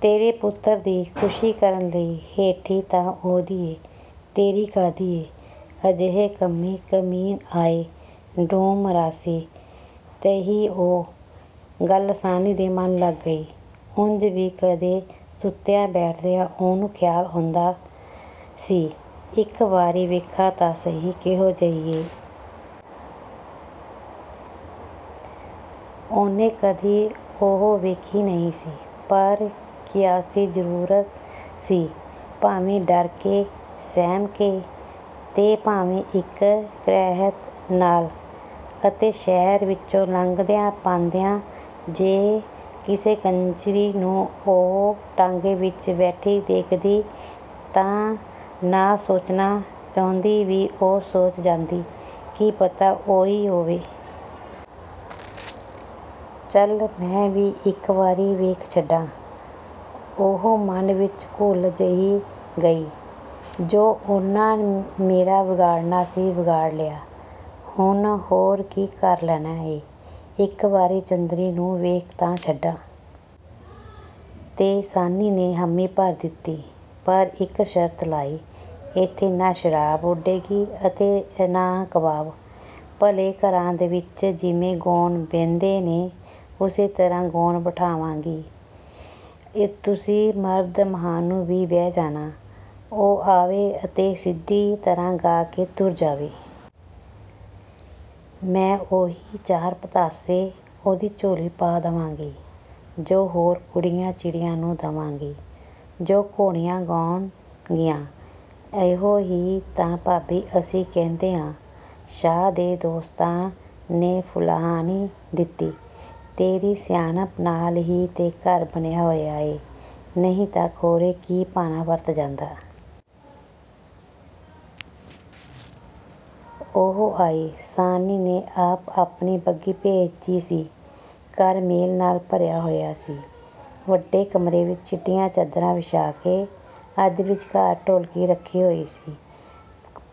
ਤੇਰੇ ਪੁੱਤਰ ਦੀ ਖੁਸ਼ੀ ਕਰਨ ਲਈ। ਹੇਠੀ ਤਾਂ ਉਹਦੀ ਏ, ਤੇਰੀ ਕਾਹਦੀ ਏ? ਜਿਹੇ ਕੰਮੀ-ਕਮੀਣ ਆਏ, ਡੂਮ-ਮਰਾਸੀ, ਤਹੀ ਉਹ।" ਗੱਲ ਸ਼ਾਹਣੀ ਦੇ ਮਨ ਲੱਗ ਗਈ। ਉਂਜ ਵੀ ਕਦੇ ਸੁੱਤਿਆਂ-ਬੈਠਦਿਆਂ ਉਹਨੂੰ ਖ਼ਿਆਲ ਆਉਂਦਾ ਹੁੰਦਾ ਸੀ, "ਇੱਕ ਵਾਰੀ ਵੇਖਾਂ ਤਾਂ ਸਹੀ, ਕਿਹੋ ਜਿਹੀ ਏ?" ਉਹਨੇ ਕਦੀ ਉਹ ਵੇਖੀ ਨਹੀਂ ਸੀ, ਪਰ ਕਿਆਸੀ ਜ਼ਰੂਰ ਸੀ, ਭਾਵੇਂ ਡਰ ਕੇ ਸਹਿਮ ਕੇ, ਤੇ ਭਾਵੇਂ ਇੱਕ ਕਰਿਹਤ ਨਾਲ। ਤੇ ਸ਼ਹਿਰ ਵਿਚੋਂ ਲੰਘਦਿਆਂ-ਪਾਂਦਿਆਂ, ਜੇ ਕਿਸੇ ਕੰਜਰੀ ਨੂੰ ਉਹ ਟਾਂਗੇ ਵਿਚ ਬੈਠੀ ਵੇਖਦੀ, ਤਾਂ ਨਾ ਸੋਚਣਾ ਚਾਹੁੰਦੀ ਵੀ ਸੋਚ ਜਾਂਦੀ, "ਕੀ ਪਤਾ ਉਹੀਉ ਹੋਵੇ?" "ਚੱਲ, ਮੈਂ ਵੀ ਇੱਕ ਵਾਰੀ ਵੇਖ ਛੱਡਾਂ," ਉਹ ਮਨ ਵਿਚ ਘੁਲ ਜਿਹੀ ਗਈ। "ਜੋ ਉਹਨੇ ਮੇਰਾ ਵਿਗਾੜਣਾ ਸੀ, ਵਿਗਾੜ ਲਿਆ। ਹੁਣ ਹੋਰ ਕੀ ਕਰ ਲੈਣਾ ਏ! ਇੱਕ ਵਾਰੀ ਚੰਦਰੀ ਨੂੰ ਵੇਖ ਤਾਂ ਛੱਡਾਂ।" ਤੇ ਸ਼ਾਹਣੀ ਨੇ ਹਾਮੀ ਭਰ ਦਿੱਤੀ, ਪਰ ਇੱਕ ਸ਼ਰਤ ਲਾਈ, "ਇੱਥੇ ਨਾ ਸ਼ਰਾਬ ਉਡੇਗੀ, ਨਾ ਕਬਾਬ। ਭਲੇ ਘਰਾਂ ਵਿਚ ਜਿਵੇਂ ਗਾਉਣ ਬਹਿੰਦੇ ਨੇ, ਉਸੇ ਤਰ੍ਹਾਂ ਗਾਉਣ ਬਿਠਾਵਾਂਗੀ। ਤੁਸੀਂ ਮਰਦ-ਮਾਹਣੂ ਵੀ ਬਹਿ ਜਾਣਾ। ਉਹ ਆਵੇ, ਤੇ ਸਿੱਧੀ ਤਰ੍ਹਾਂ ਗਾ ਕੇ ਤੁਰ ਜਾਏ। ਮੈਂ ਉਹੀਉ ਚਾਰ ਪਤਾਸੇ ਉਹਦੀ ਝੋਲੀ ਪਾ ਦਿਆਂਗੀ, ਜੋ ਹੋਰ ਕੁੜੀਆਂ-ਚਿੜੀਆਂ ਨੂੰ ਦਿਆਂਗੀ, ਜੋ ਘੋੜੀਆਂ ਗਾਉਣਗੀਆਂ।" "ਇਹੋ ਹੀ ਤੇ ਭਾਬੀ, ਅਸੀਂ ਕਹਿਣੇ ਆਂ।" ਸ਼ਾਹ ਦੇ ਦੋਸਤਾਂ ਨੇ ਫੁਲਾਹੁਣੀ ਦਿੱਤੀ। "ਤੇਰੀ ਸਿਆਣਪ ਨਾਲ ਹੀ ਤੇ ਘਰ ਬਣਿਆ ਹੋਇਆ ਏ, ਨਹੀਂ ਤਾਂ ਖੌਰੇ ਕੀ ਭਾਣਾ ਵਰਤ ਜਾਂਦਾ।" ਉਹ ਆਈ। ਸ਼ਾਹਣੀ ਨੇ ਆਪ ਆਪਣੀ ਬੱਘੀ ਭੇਜੀ ਸੀ। ਘਰ ਮੇਲ ਨਾਲ ਭਰਿਆ ਹੋਇਆ ਸੀ। ਵੱਡੇ ਕਮਰੇ ਵਿਚ ਚਿੱਟੀਆਂ ਚਾਦਰਾਂ ਵਿਛਾ ਕੇ, ਅੱਧ ਵਿਚਕਾਰ ਢੋਲਕੀ ਰੱਖੀ ਹੋਈ ਸੀ।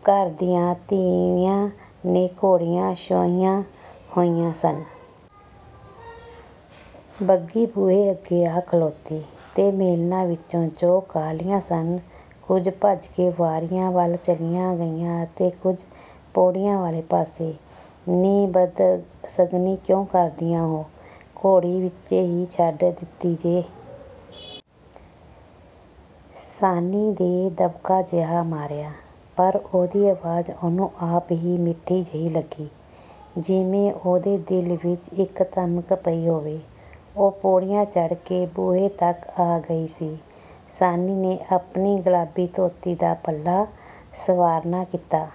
ਘਰ ਦੀਆਂ ਤੀਵੀਆਂ ਨੇ ਘੋੜੀਆਂ ਛੋਹੀਆਂ ਹੋਈਆਂ ਸਨ। ਬੱਘੀ ਬੂਹੇ ਅੱਗੇ ਆ ਖਲੋਤੀ ਤਾਂ ਮੇਲਣਾਂ ਵਿਚੋਂ ਜੋ ਕਾਹਲੀਆਂ ਸਨ, ਕੁਝ ਭੱਜ ਕੇ ਬਾਰੀਆਂ ਵੱਲ ਚਲੀਆਂ ਗਈਆਂ ਤੇ ਕੁਝ ਪੌੜੀਆਂ ਵਾਲੇ ਪਾਸੇ। "ਨੀ, ਬਦਸਗਣੀ ਕਿਉਂ ਕਰਦੀਆਂ ਹੋ? ਘੋੜੀ ਵਿਚੇ ਹੀ ਛੱਡ ਦਿੱਤੀ ਜੇ।" ਸ਼ਾਹਣੀ ਨੇ ਦਬਕਾ ਜਿਹਾ ਮਾਰਿਆ, ਪਰ ਉਹਦੀ ਆਵਾਜ਼ ਉਹਨੂੰ ਆਪ ਹੀ ਮੱਠੀ ਜਿਹੀ ਲੱਗੀ, ਜਿਵੇਂ ਉਹਦੇ ਦਿਲ ਵਿਚ ਇੱਕ ਧਮਕ ਪਈ ਹੋਵੇ। ਉਹ ਪੌੜੀਆਂ ਚੜ੍ਹ ਕੇ ਬੂਹੇ ਤੱਕ ਆ ਗਈ ਸੀ। ਸ਼ਾਹਣੀ ਨੇ ਆਪਣੀ ਗੁਲਾਬੀ ਧੋਤੀ ਦਾ ਪੱਲਾ ਸਵਾਰਨਾ ਕੀਤਾ।